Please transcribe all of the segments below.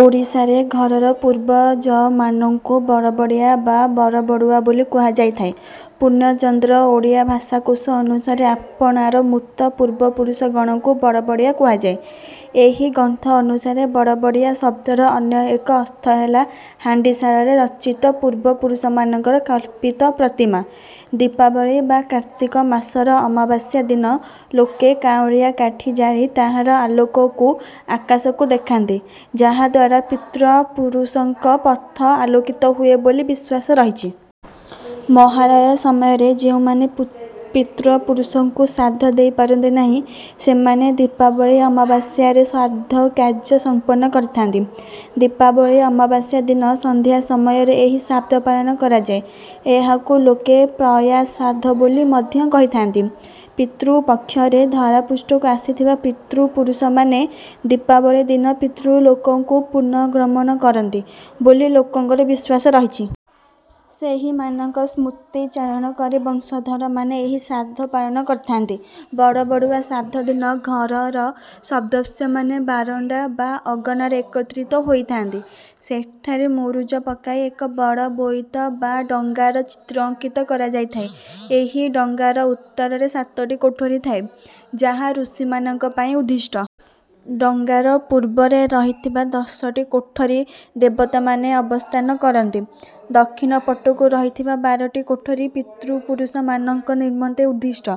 ଓଡ଼ିଶାରେ ଘରର ପୂର୍ବଜମାନଙ୍କୁ ବଡ଼ବଡ଼ିଆ ବା ବଡ଼ବଡ଼ୁଆ ବୋଲି କୁହାଯାଇଥାଏ। ପୂର୍ଣ୍ଣଚନ୍ଦ୍ର ଓଡ଼ିଆ ଭାଷାକୋଷ ଅନୁସାରେ ଆପଣାର ମୃତ ପୂର୍ବପୁରୁଷଗଣଙ୍କୁ ବଡ଼ବଡ଼ିଆ କୁହାଯାଏ। ଏହି ଗ୍ରନ୍ଥ ଅନୁସାରେ ବଡ଼ବଡ଼ିଆ ଶବ୍ଦର ଅନ୍ୟ ଏକ ଅର୍ଥ ହେଲା ହାଣ୍ଡିଶାଳରେ ରଚିତ ପୂର୍ବପୁରୁଷମାନଙ୍କର କଳ୍ପିତ ପ୍ରତିମା। ଦୀପାବଳୀ ବା କାର୍ତ୍ତିକ ମାସର ଅମାବାସ୍ୟା ଦିନ ଲୋକେ କାଉଁରିଆ କାଠି ଜାଳି ତାହାର ଆଲୋକକୁ ଆକାଶକୁ ଦେଖାନ୍ତି ଯାହାଦ୍ୱାରା ପିତ୍ରପୁରୁଷଙ୍କ ପଥ ଆଲୋକିତ ହୁଏ ବୋଲି ବିଶ୍ୱାସ ରହିଛି। ମହାଳୟା ସମୟରେ ଯେଉଁମାନେ ପୁ ପିତ୍ରପୁରୁଷଙ୍କୁ ଶ୍ରାଦ୍ଧ ଦେଇ ପାରନ୍ତି ନାହିଁ ସେମାନେ ଦୀପାବଳୀ ଅମାବାସ୍ୟାରେ ଶ୍ରାଦ୍ଧ କାର୍ଯ୍ୟ ସମ୍ପନ୍ନ କରିଥାନ୍ତି। ଦୀପାବଳୀ ଅମାବାସ୍ୟା ଦିନ ସନ୍ଧ୍ୟା ସମୟରେ ଏହି ଶ୍ରାଦ୍ଧ ପାଳନ କରାଯାଏ। ଏହାକୁ ଲୋକେ ପୟା ଶ୍ରାଦ୍ଧ ବୋଲି ମଧ୍ୟ କହିଥାନ୍ତି। ପିତୃପକ୍ଷରେ ଧରାପୃଷ୍ଠକୁ ଆସିଥିବା ପିତୃପୁରୁଷମାନେ ଦୀପାବଳୀ ଦିନ ପିତୃଲୋକକୁ ପୁନର୍ଗମନ କରନ୍ତି ବୋଲି ଲୋକଙ୍କର ବିଶ୍ୱାସ ରହିଛି। ସେହିମାନଙ୍କ ସ୍ମୃତି ଚାରଣ କରି ବଂଶଧରମାନେ ଏହି ଶ୍ରାଦ୍ଧ ପାଳନ କରିଥାନ୍ତି। ବଡ଼ବଡ଼ୁଆ ଶ୍ରାଦ୍ଧ ଦିନ ଘରର ସଦସ୍ୟମାନେ ବାରଣ୍ଡା ବା ଅଗଣାରେ ଏକତ୍ରିତ ହୋଇଥାନ୍ତି। ସେଠାରେ ମୁରୁଜ ପକାଇ ଏକ ବଡ଼ ବୋଇତ ବା ଡଙ୍ଗାର ଚିତ୍ର ଅଙ୍କିତ କରାଯାଇଥାଏ। ଏହି ଡଙ୍ଗାର ଉତ୍ତରରେ ସାତଟି କୋଠରୀ ଥାଏ ଯାହା ଋଷିମାନଙ୍କ ପାଇଁ ଉଦ୍ଦିଷ୍ଟ। ଡଙ୍ଗାର ପୂର୍ବରେ ରହିଥିବା ଦଶଟି କୋଠରୀ ଦେବତାମାନେ ଅବସ୍ଥାନ କରନ୍ତି। ଦକ୍ଷିଣ ପଟକୁ ରହିଥିବା ବାରଟି କୋଠରୀ ପିତୃପୁରୁଷମାନଙ୍କ ନିମନ୍ତେ ଉଦ୍ଦିଷ୍ଟ।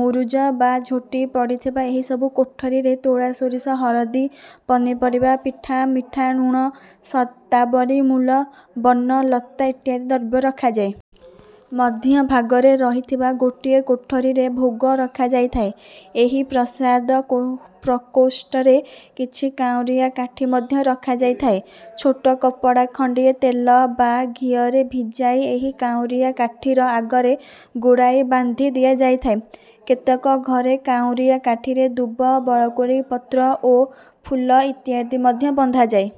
ମୁରୁଜ ବା ଝୋଟି ପଡ଼ିଥିବା ଏହି ସବୁ କୋଠରୀରେ ତୁଳା ସୋରିଷ ହଳଦି ପନିପରିବା ପିଠା ମିଠା ଲୁଣ ଶତାବରୀ ମୂଲ ବନ ଲତା ଇତ୍ୟାଦି ଦ୍ରବ୍ୟ ରଖାଯାଏ। ମଧ୍ୟଭାଗରେ ରହିଥିବା ଗୋଟିଏ କୋଠରୀରେ ଭୋଗ ରଖାଯାଇଥାଏ। ଏହି ପ୍ରସାଦ ପ୍ରକୋଷ୍ଠରେ କିଛି କାଉଁରିଆ କାଠି ମଧ୍ୟ ରଖାଯାଇଥାଏ। ଛୋଟ କପଡ଼ା ଖଣ୍ଡିଏ ତେଲ ବା ଘିଅରେ ଭିଜାଇ ଏହି କାଉଁରିଆ କାଠିର ଆଗରେ ଗୁଡ଼ାଇ ବାନ୍ଧି ଦିଆଯାଇଥାଏ। କେତେକ ଘରେ କାଉଁରିଆ କାଠିରେ ଦୁବ ବରକୋଳି ପତ୍ର ଓ ଫୁଲ ଇତ୍ୟାଦି ମଧ୍ୟ ବନ୍ଧାଯାଏ।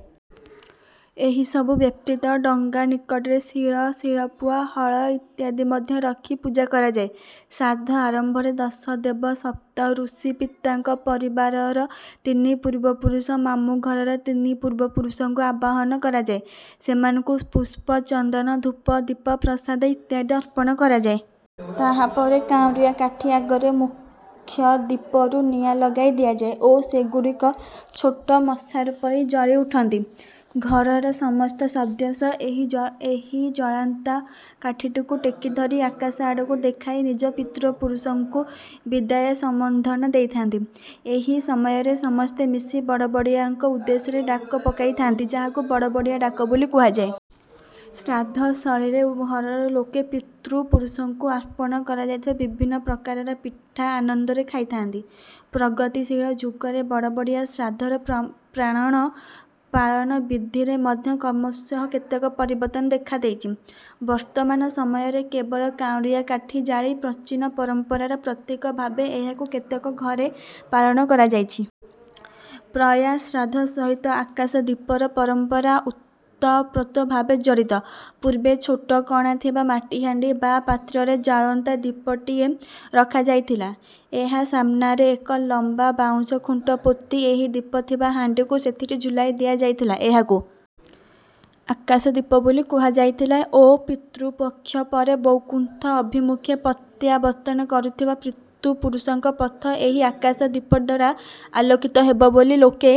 ଏହି ସବୁ ବ୍ୟତୀତ ଡଙ୍ଗା ନିକଟରେ ଶିଳ ଶିଳପୁଆ ହଳ ଇତ୍ୟାଦି ମଧ୍ୟ ରଖି ପୂଜା କରାଯାଏ। ଶ୍ରାଦ୍ଧ ଆରମ୍ଭରେ ଦଶ ଦେବ ସପ୍ତ ଋଷି ପିତାଙ୍କ ପରିବାରର ତିନି ପୂର୍ବପୁରୁଷ ମାମୁଁଘରର ତିନି ପୂର୍ବପୁରୁଷଙ୍କୁ ଆବାହନ କରାଯାଏ। ସେମାନଙ୍କୁ ପୁଷ୍ପ ଚନ୍ଦନ ଧୂପ ଦୀପ ପ୍ରସାଦ ଇତ୍ୟାଦି ଅର୍ପଣ କରାଯାଏ। ତାହାପରେ କାଉଁରିଆ କାଠି ଅଗରେ ମୁଖ୍ୟ ଦୀପରୁ ନିଆଁ ଲଗାଇ ଦିଆଯାଏ ଓ ସେଗୁଡ଼ିକ ଛୋଟ ମଶାଲ ପରି ଜଳି ଉଠନ୍ତି। ଘରର ସମସ୍ତ ସଦସ୍ୟ ଏହି ଜ ଏହି ଜଳନ୍ତା କାଠିଟିକୁ ଟେକି ଧରି ଆକାଶଆଡ଼କୁ ଦେଖାଇ ନିଜ ପିତୃପୁରୁଷଙ୍କୁ ବିଦାୟ ସମ୍ବର୍ଦ୍ଧନା ଦେଇଥାନ୍ତି। ଏହି ସମୟରେ ସମସ୍ତେ ମିଶି ବଡ଼ବଡ଼ିଆଙ୍କ ଉଦ୍ଦେଶ୍ୟରେ ଡାକ ପକାଇଥାନ୍ତି ଯାହାକୁ ବଡ଼ବଡ଼ିଆ ଡାକ ବୋଲି କୁହାଯାଏ। ଶ୍ରାଦ୍ଧ ସରିରେ ଘରର ଲୋକେ ପିତୃପୁରୁଷଙ୍କୁ ଆର୍ପଣ କରାଯାଇଥିବା ବିଭିନ୍ନ ପ୍ରକାରର ପିଠା ଆନନ୍ଦରେ ଖାଇଥାନ୍ତି। ପ୍ରଗତିଶୀଳ ଯୁଗରେ ବଡ଼ବଡ଼ିଆ ଶ୍ରାଦ୍ଧର ପ୍ର ପ୍ରାରଣ ପାଳନ ବିଧିରେ ମଧ୍ୟ କ୍ରମଶଃ କେତେକ ପରିବର୍ତ୍ତନ ଦେଖାଦେଇଛି। ବର୍ତ୍ତମାନ ସମୟରେ କେବଳ କାଉଁରିଆ କାଠି ଜାଳି ପ୍ରଚୀନ ପରମ୍ପରାର ପ୍ରତୀକ ଭାବେ ଏହାକୁ କେତେକ ଘରେ ପାଳନ କରାଯାଇଛି। ପ୍ରୟା ଶ୍ରାଦ୍ଧ ସହିତ ଆକାଶଦୀପର ପରମ୍ପରା ଓତପ୍ରୋତ ଭାବେ ଜଡ଼ିତ। ପୂର୍ବେ ଛୋଟ କଣା ଥିବା ମାଟିହାଣ୍ଡି ବା ପାତ୍ରରେ ଜାଳନ୍ତା ଦୀପଟିଏ ରଖାଯାଉଥିଲା। ଏହା ସାମନାରେ ଏକ ଲମ୍ବା ବାଉଁଶ ଖୁଣ୍ଟ ପୋତି ଏହି ଦୀପ ଥିବା ହାଣ୍ଡିକୁ ସେଥିରେ ଝୁଲାଇ ଦିଆଯାଇଥିଲା। ଏହାକୁ ଆକାଶଦୀପ ବୋଲି କୁହାଯାଇଥିଲା ଓ ପିତୃପକ୍ଷ ପରେ ବୈକୁଣ୍ଠ ଅଭିମୁଖେ ପ୍ରତ୍ୟାବର୍ତ୍ତନ କରୁଥିବା ପିତୃପୁରୁଷଙ୍କ ପଥ ଏହି ଆକାଶଦୀପଦ୍ୱାରା ଆଲୋକିତ ହେବ ବୋଲି ଲୋକେ